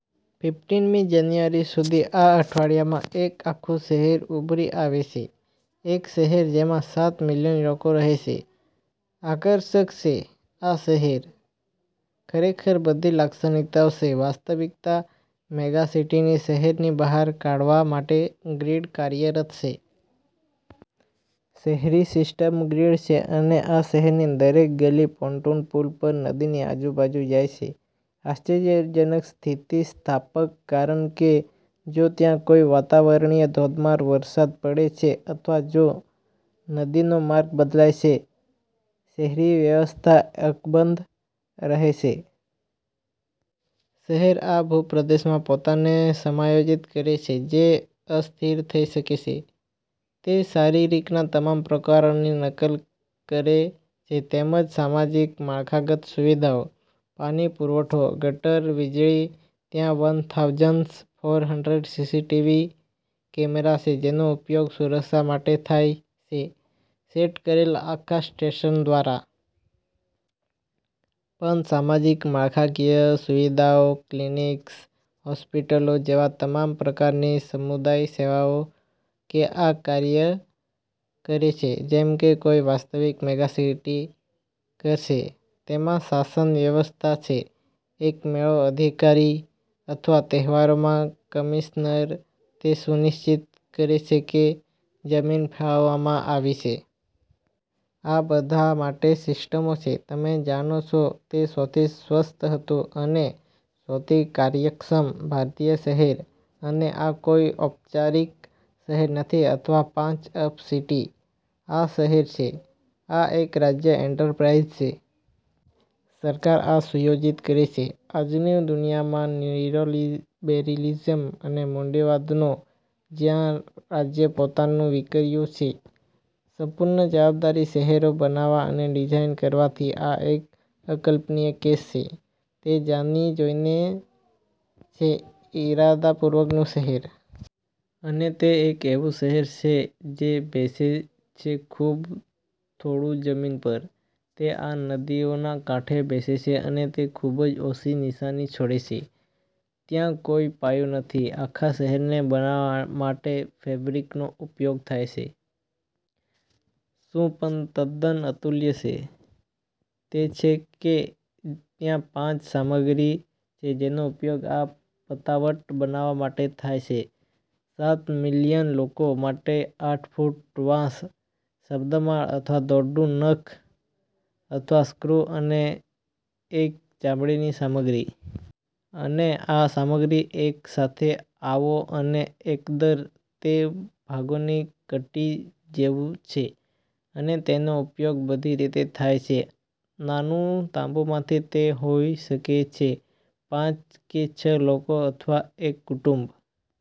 ફિફટિનમી જાન્યુઆરી સુધી આ અઠવાડિયામાં એક આખું શહેર ઉભરી આવે છે. એક શહેર જેમાં સાત મિલિયન લોકો રહે છે. આકર્ષક છે આ શહેર. ખરેખર બધી લાક્ષણિકતાઓ છે વાસ્તવિક મેગાસિટીની. શહેરને બહાર કાઢવા માટે ગ્રીડ કાર્યરત છે. શહેરી સિસ્ટમ ગ્રીડ છે અને આ શહેરની દરેક ગલી પોન્ટૂન પુલ પર નદીની આજુબાજુ જાય છે. આશ્ચર્યજનક સ્થિતિસ્થાપક કારણ કે જો ત્યાં કોઈ વાતાવરણીય ધોધમાર વરસાદ પડે છે અથવા જો નદીનો માર્ગ બદલાય છે, શહેરી વ્યવસ્થા અકબંધ રહે છે. શહેર આ ભૂપ્રદેશમાં પોતાને સમાયોજિત કરે છે જે અસ્થિર થઈ શકે છે. તે શારીરિકના તમામ પ્રકારોની નકલ કરે છે તેમજ સામાજિક, માળખાગત સુવિધાઓ. પાણી પુરવઠો, ગટર, વીજળી, ત્યાં one thousand four hundred CCTV camera છે જેનો ઉપયોગ સુરક્ષા માટે થાય છે સેટ કરેલ આખા સ્ટેશન દ્વારા. પણ સામાજિક માળખાકીય સુવિધાઓ, ક્લિનિક્સ, હોસ્પિટલો જેવા તમામ પ્રકારની સમુદાય સેવાઓ કે આ કાર્ય કરે છે જેમ કે કોઈ વાસ્તવિક મેગાસિટી કરશે. તેમાં શાસન વ્યવસ્થા છે, એક મેળો અધિકારી, અથવા તહેવારના કમિશનર. તે સુનિશ્ચિત કરે છે કે જમીન ફાળવવામાં આવી છે. આ બધા માટે સિસ્ટમો છે. તમે જાણો છો તે સૌથી સ્વચ્છ હતું અને સૌથી કાર્યક્ષમ ભારતીય શહેર અને આ કોઈ અનૌપચારિક શહેર નથી અથવા પ-અપ સિટી. આ શહેર છે. આ એક રાજ્ય એન્ટરપ્રાઇઝ છે. સરકાર આ સુયોજિત કરે છે. આજની દુનિયામાં નિયોલિબેરલિઝમ અને મૂડીવાદનો જ્યાં રાજ્ય પોતાનું વિકસ્યું છે સંપૂર્ણ જવાબદારી શહેરો બનાવવા અને ડિઝાઇન કરવાથી, આ એક અકલ્પનીય કેસ છે. તે જાણી જોઈને છે ઇરાદાપૂર્વકનું શહેર. અને તે એક એવું શહેર છે જે બેસે છે ખૂબ થોડું જમીન પર. તે આ નદીઓના કાંઠે બેસે છે અને તે ખૂબ જ ઓછી નિશાન છોડે છે. ત્યાં કોઈ પાયો નથી. આખા શહેરને બનાવવા માટે ફેબ્રિકનો ઉપયોગ થાય છે. શું પણ તદ્દન અતુલ્ય છે તે છે કે ત્યાં પાંચ સામગ્રી છે જેનો ઉપયોગ આ પતાવટ બનાવવા માટે થાય છે સાત મિલિયન લોકો માટે આઠ ફૂટ વાંસ, શબ્દમાળા અથવા દોરડું, નખ અથવા સ્ક્રૂ અને એક ચામડીની સામગ્રી. અને આ સામગ્રી એક સાથે આવો અને એકંદર. તે ભાગોની કીટ જેવું છે. અને તેનો ઉપયોગ બધી રીતે થાય છે નાના તંબુમાંથી જે હોઈ શકે છે પાંચ કે છ લોકો, અથવા એક કુટુંબ.